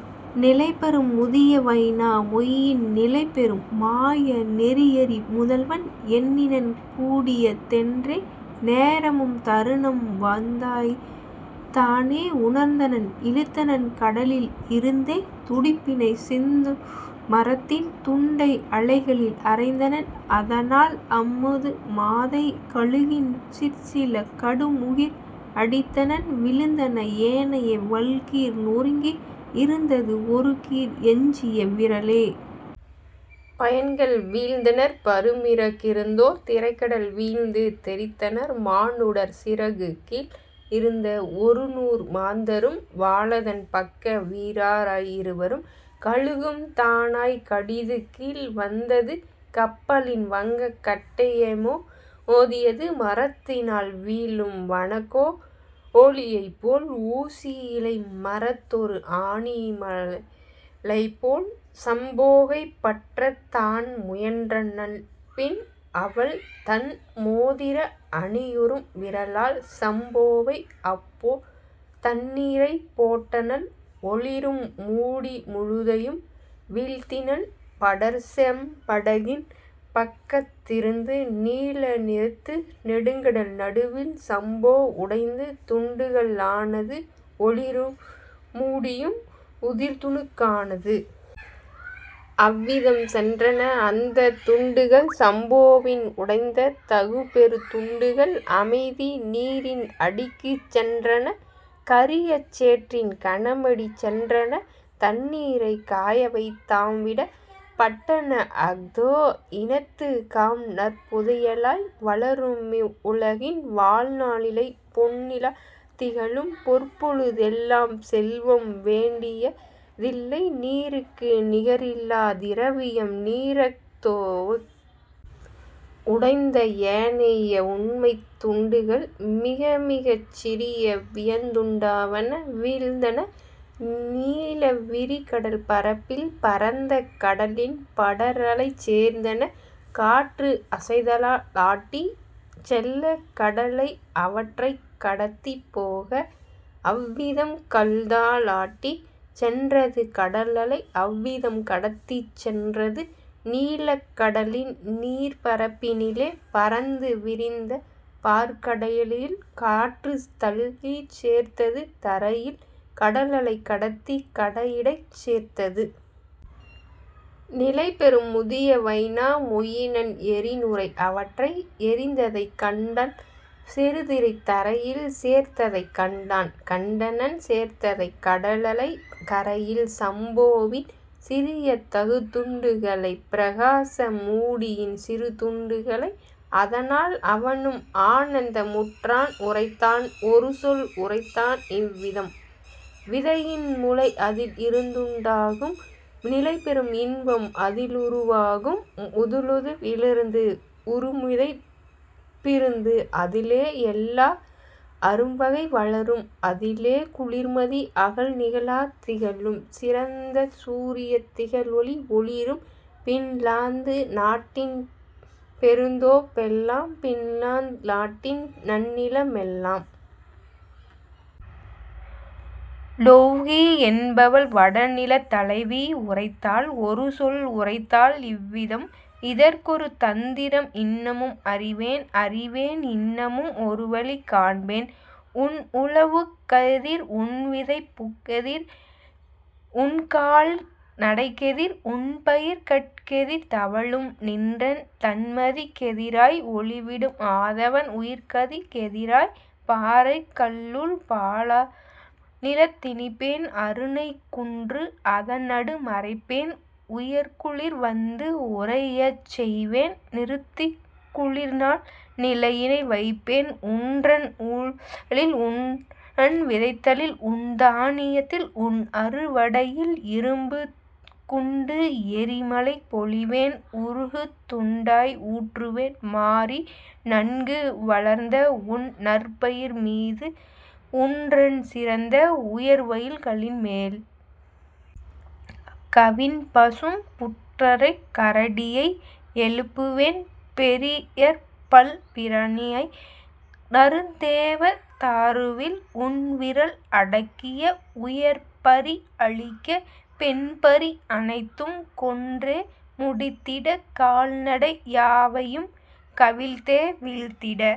" நிலைபெறும் முதிய வைனா மொயினன் நிலைபெறும் மாய நெறியறி முதல்வன்। எண்ணினன் கூடிய தென்றே நேரமும் தருணம் வந்ததாய்த் தானே உணர்ந்தனன்; இழுத்தனன் கடலில் இருந்தே துடுப்பினை சிந்துர மரத்தின் துண்டை அலைகளில் அறைந்தனன் அதனால் அம்முது மாதை கழுகின் சிற்சில கடும்உகிர் அடித்தனன் விழுந்தன ஏனைய வள்ளுகிர் நொருங்கி இருந்தது ஒருசிறு எஞ்சிய விரலே. பையன்கள் வீழ்ந்தனர் பருமிற கிருந்தோர் திரைகடல் வீழ்ந்து தெறித்தனர் மானுடர் சிறகுகீழ் இருந்த ஒருநூறு மாந்தரும் வாலதன் பக்க வீரரா யிரவரும் கழுகும் தானாய்க் கடிதுகீழ் வந்தது கப்பலின் வங்கக் கட்டைமோ தியது மரத்தினால் வீழும் வனக்கோ ழியைப்போல் ஊசி யிலைமரத் தொருஅணி லைப்போல். சம்போகைப் பற்றத் தான்முயன் றனள்பின் அவள் தன்மோதிர அணியுறும் விரலால் சம்போவை அப்போ தண்ணீர்ப் போட்டனள் ஒளிரும் மூடி முழுதையும் வீழ்த்தினள் படர்செம் படகின் பக்கத் திருந்து நீல நிறத்து நெடுங்கடல் நடுவில் சம்போ உடைந்து துண்டுக ளானது ஒளிரும் மூடியும் உதிர்துணுக் கானது. அவ்விதம் சென்றன அந்தத் துண்டுகள் சம்போவின் உடைந்த தகுபெருந் துண்டுகள் அமைதி நீரின் அடிக்குச் சென்றன கரிய சேற்றின் கனமடி சென்றன. தண்ணீர்க் காயவை தாம்விடப் பட்டன அஹ்தோ இனத்துக் காம்நற் புதையலாய்; வளருமிவ் வுலகின் வாழ்நா ளிலிலை பொன்னிலாத் திகழும் பொற்பொழு தெல்லாம் செல்வம் வேண்டிய தில்லைநீ ருக்கு நிகரிலாத் திரவியம் நீரஹ் தோவுக். உடைந்த ஏனைய உண்மைத் துண்டுகள் மிகமிகச் சிறிய வியன்துண் டாவன விழுந்தன நீல விரிகடற் பரப்பில் பரந்த கடலின் படரலைச் சேர்ந்தன காற்று அதைத்தா லாட்டிச் செல்ல கடலலை அவற்றைக் கடத்திப் போக. அவ்விதம் கால்தா லாட்டிச் சென்றது கடலலை அவ்விதம் கடத்திச் சென்றது நீலக் கடலின் நீர்ப்பரப் பினிலே பரந்து விரிந்த படர்கட லலையில் காற்றுத் தள்ளிச் சேர்த்தது தரையில் கடலலை கடத்திக் கரையிடைச் சேர்த்தது. நிலைபெறும் முதிய வைனா மொயினன் எறிநுரை அவற்றை எறிந்ததைக் கண்டான் செறிதிரை தரையில் சேர்த்ததைக் கண்டான் கண்டனன் சேர்த்ததைக் கடலலை கரையில் சம்போவின் சிறிய தகுதுண் டுகளை பிரகாச மூடியின் சிறுதுண் டுகளை. அதனால் அவனும் ஆனந்த முற்றான் உரைத்தான் ஒருசொல் உரைத்தான் இவ்விதம்: "விதையின் முளைஅதில் இருந்துண் டாகும் நிலைபெறும் இன்பம் அதிலுரு வாகும் உழுதலி லிருந்து உறும்விதைப் பிருந்து அதிலே எல்லா அரும்வகை வளரும் அதிலே குளிர்மதி அகல்நிலாத் திகழும் சிறந்த சூரியத் திகழொளி ஒளிரும் பின்லாந்து நாட்டின் பெருந்தோப் பெல்லாம் பின்லாந்து நாட்டின் நன்னில மெல்லாம். " லொவ்ஹி என்பவள் வடநிலத் தலைவி உரைத்தாள் ஒருசொல் உரைத்தாள் இவ்விதம்: "இதற்கொரு தந்திரம் இன்னமும் அறிவேன் அறிவேன் இன்னமும் ஒருவழி காண்பேன் உன்உழ வுக்கெதிர் உன்விதைப் புக்கெதிர் உன்கால் நடைக்கெதிர் உன்பயிர் கட்கெதிர் தவழும் நின்றன் தண்மதிக் கெதிராய் ஒளிவிடும் ஆதவன் உயர்கதிர்க் கெதிராய் பாறைக் கல்லுள் பால்நிலாத் திணிப்பேன் அருணனைக் குன்று அதன்நடு மறைப்பேன் உயர்குளிர் வந்து உறையச் செய்வேன் நிறுத்திக் குளிர்நாள் நிலையினை வைப்பேன் உன்றன் உழுதலில் உன்றன் விதைத்தலில் உன்தா னியத்தில் உன்அறு வடையில் இரும்புக் குண்டு எறிமழை பொழிவேன் உருக்குத் துண்டாய் ஊற்றுவேன் மாரி நன்கு வளர்ந்தஉன் நற்பயிர் மீது உன்றன் சிறந்த உயர்வயல் களின்மேல். கவின்பசும் புற்றரைக் கரடியை எழுப்புவேன் பெரியபற் பிராணியை நறுந்தேவ தாருவில் உன்விறல் அடக்கிய உயர்பரி அழிக்க பெண்பரி அனைத்தையும் கொன்றே முடித்திட கால்நடை யாவையும் கவிழ்த்தே வீழ்த்திட